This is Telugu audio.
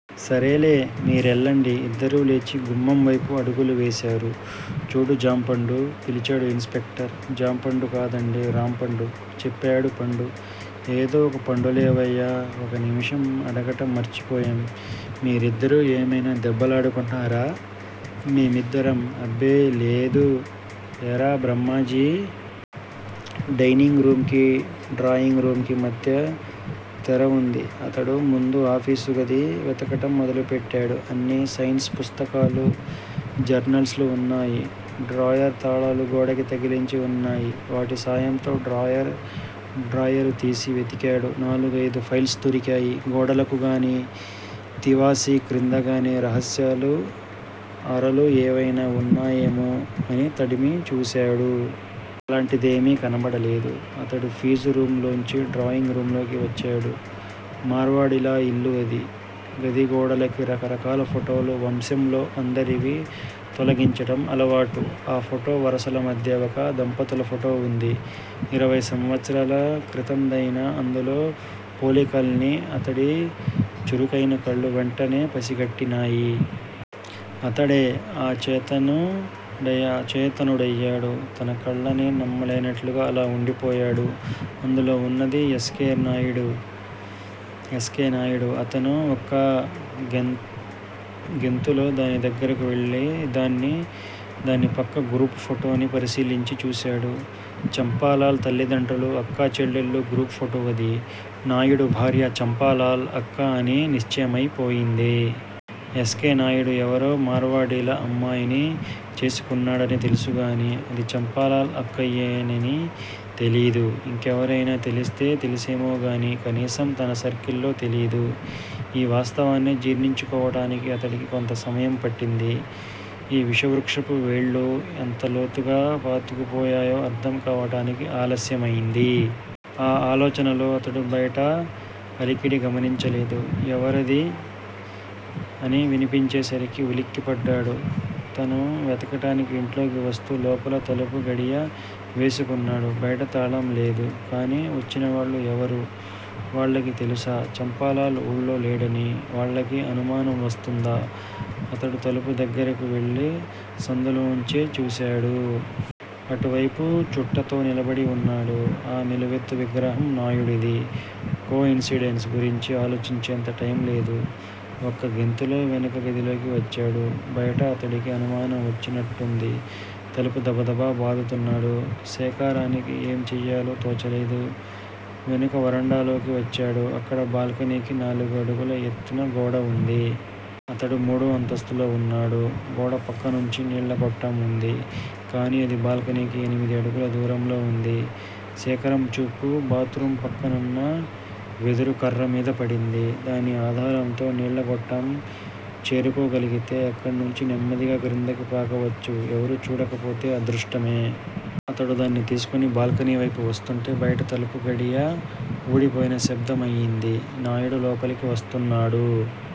సరేలే మీ రెళ్ళండి! ఇద్దరూ లేచి గుమ్మం వైపు అడుగులు వేశారు. చూడు జాంపండూ! పిలిచాడు ఇన్స్ పెక్టర్. జాపండు కాదండీ! రాంపండు చెప్పాడు పండు. ఏదో ఒక పండులేవయ్యా! ఓ నిమిషం అడగడం మర్చిపోయాం మీరిద్దరూ ఏమయినా దెబ్బలాడుకున్నారా? మేమిద్దరమా? అబ్బే లేదే- ఏరా బ్రహ్మాజీ! డైనింగు రూముకీ, డ్రాయింగ్ రూమ్ కీ మధ్య తెర వుంది. అతడు ముందు ఆఫీసు గది వెతకటం మొదలుపెట్టాడు. అన్నీ సైన్సు పుస్తకాలూ, జర్నల్సూ వున్నాయి. డ్రాయరు తాళాలు గోడకి తగిలించి వున్నాయి. వాటి సాయంతో డ్రాయరుతీసి వెతికేడు. నాలుగైదు ఫైల్స్ దొరికాయి. గోడలకు గానీ, తివాసీ క్రిందగానీ రహస్యపు అరలు ఏవైనా వున్నాయేమో అని తడిమి చూసేడు. అలాంటిదేమీ కనబడలేదు. అతడు ఫీజు రూమ్ లోంచి డ్రాయింగ్ రూమ్ లోకి వచ్చాడు. మార్వాడీల ఇల్లు అది. గది గోడలకి రకరకాల ఫోటోలు వంశంలో అందరివీ తగిలించటం అలవాటు. ఆ ఫోటో వరుసల మధ్యలో ఒక దంపతుల ఫోటో వుంది. ఇరవై సంవత్సరాల క్రితందయినా అందులో పోలికల్ని అతడి చురుకయిన కళ్ళు వెంటనే పసిగట్టినయ్. అతడు అచేతనుడయ్యాడు. తన కళ్ళనే నమ్మలేనట్టుగా అలా వుండిపోయాడు. అందులో వున్నది ఎస్. కె. నాయుడు. అతను ఒక్కగెంతులో దాని దగ్గిరకి వెళ్ళి దాన్నీ, దాని పక్క గ్రూపు ఫోటోనీ పరిశీలించి చూసేడు. చంపాలాల్ తల్లిదండ్రులు, అక్క చెల్లెళ్ళ గ్రూప్ ఫోటో అది. నాయుడు భార్య, చంపాలాల్ అక్క అని నిశ్చయమై పోయింది. ఎస్. కె. నాయుడు ఎవరో మార్వాడీల అమ్మాయిని చేసుకున్నాడని తెలుసు కానీ, అది చంపాలాల్ అక్కయ్యనే అని తెలీదు. ఇంకెవరికయినా తెలిస్తే తెలుసేమోగానీ, కనీసం తన సర్కిల్ లో తెలీదు. ఈ వాస్తవాన్ని జీర్ణించుకోవడానికి అతడికి కొంత సమయం పట్టింది. ఈ విషవృక్షపు వేళ్ళు ఎంత లోతుగా పాతుకుపోయాయో అర్థం కావటానికి ఆలస్యమైంది. ఆ ఆలోచనలో అతడు బయట అలికిడి గమనించలేదు. ఎవరది? అని వినిపించేసరికి ఉలిక్కిపడ్డాడు. తను వెతకటానికి ఇంట్లోకి వస్తూ లోపల తలుపు గడియ వేసుకున్నాడు. బయట తాళం లేదు. కానీ వచ్చినవాళ్ళు ఎవరు? వాళ్ళకి తెలుసా చంపాలాల్ ఊర్లో లేడని? వాళ్ళకి అనుమానం వస్తుందా? అతడు తలుపు దగ్గిరకి వెళ్ళి సందుల్లోంచి చూసేడు. అటువైపు చుట్టతో నిలబడి వున్నాడు. ఆ నిలువెత్తు విగ్రహం నాయుడిది. కో-ఇన్సిడెన్స్ గురించి ఆలోచించేంత టైమ్ లేదు. ఒక్క గెంతులో వెనుక గదిలోకి వచ్చాడు. బయట అతడికి అనుమానం వచ్చినట్టుంది. తలుపు దబదబా బాదుతున్నాడు. శేఖరానికి ఏం చెయ్యాలో తోచలేదు. వెనుక వరండాలోకి వచ్చాడు. అక్కడ బాల్కనీకి నాలుగు అడుగుల ఎత్తున గోడ వుంది. అతడు మూడో అంతస్తులో వున్నాడు. గోడపక్కనుంచి నీళ్ళ గొట్టం వుంది. కానీ అది బాల్కనీకి ఎనిమిది అడుగుల దూరంలో ఉంది. శేఖరం చూపు బాత్ రూము పక్కనున్న వెదురుకర్ర మీద పడింది. దాని ఆధారంతో నీళ్ళ గొట్టం చేరుకోగలిగితే, అక్కణ్నించి నెమ్మదిగా క్రిందికి పాకవచ్చు, ఎవరూ చూడకపోతే అదృష్టమే. అతడు దాన్ని తీసుకుని బాల్కనీవైపు వస్తుంటే- బయట తలుపు గడియ వూడిపోయిన శబ్దమయింది. నాయుడు లోపలికి వస్తున్నాడు.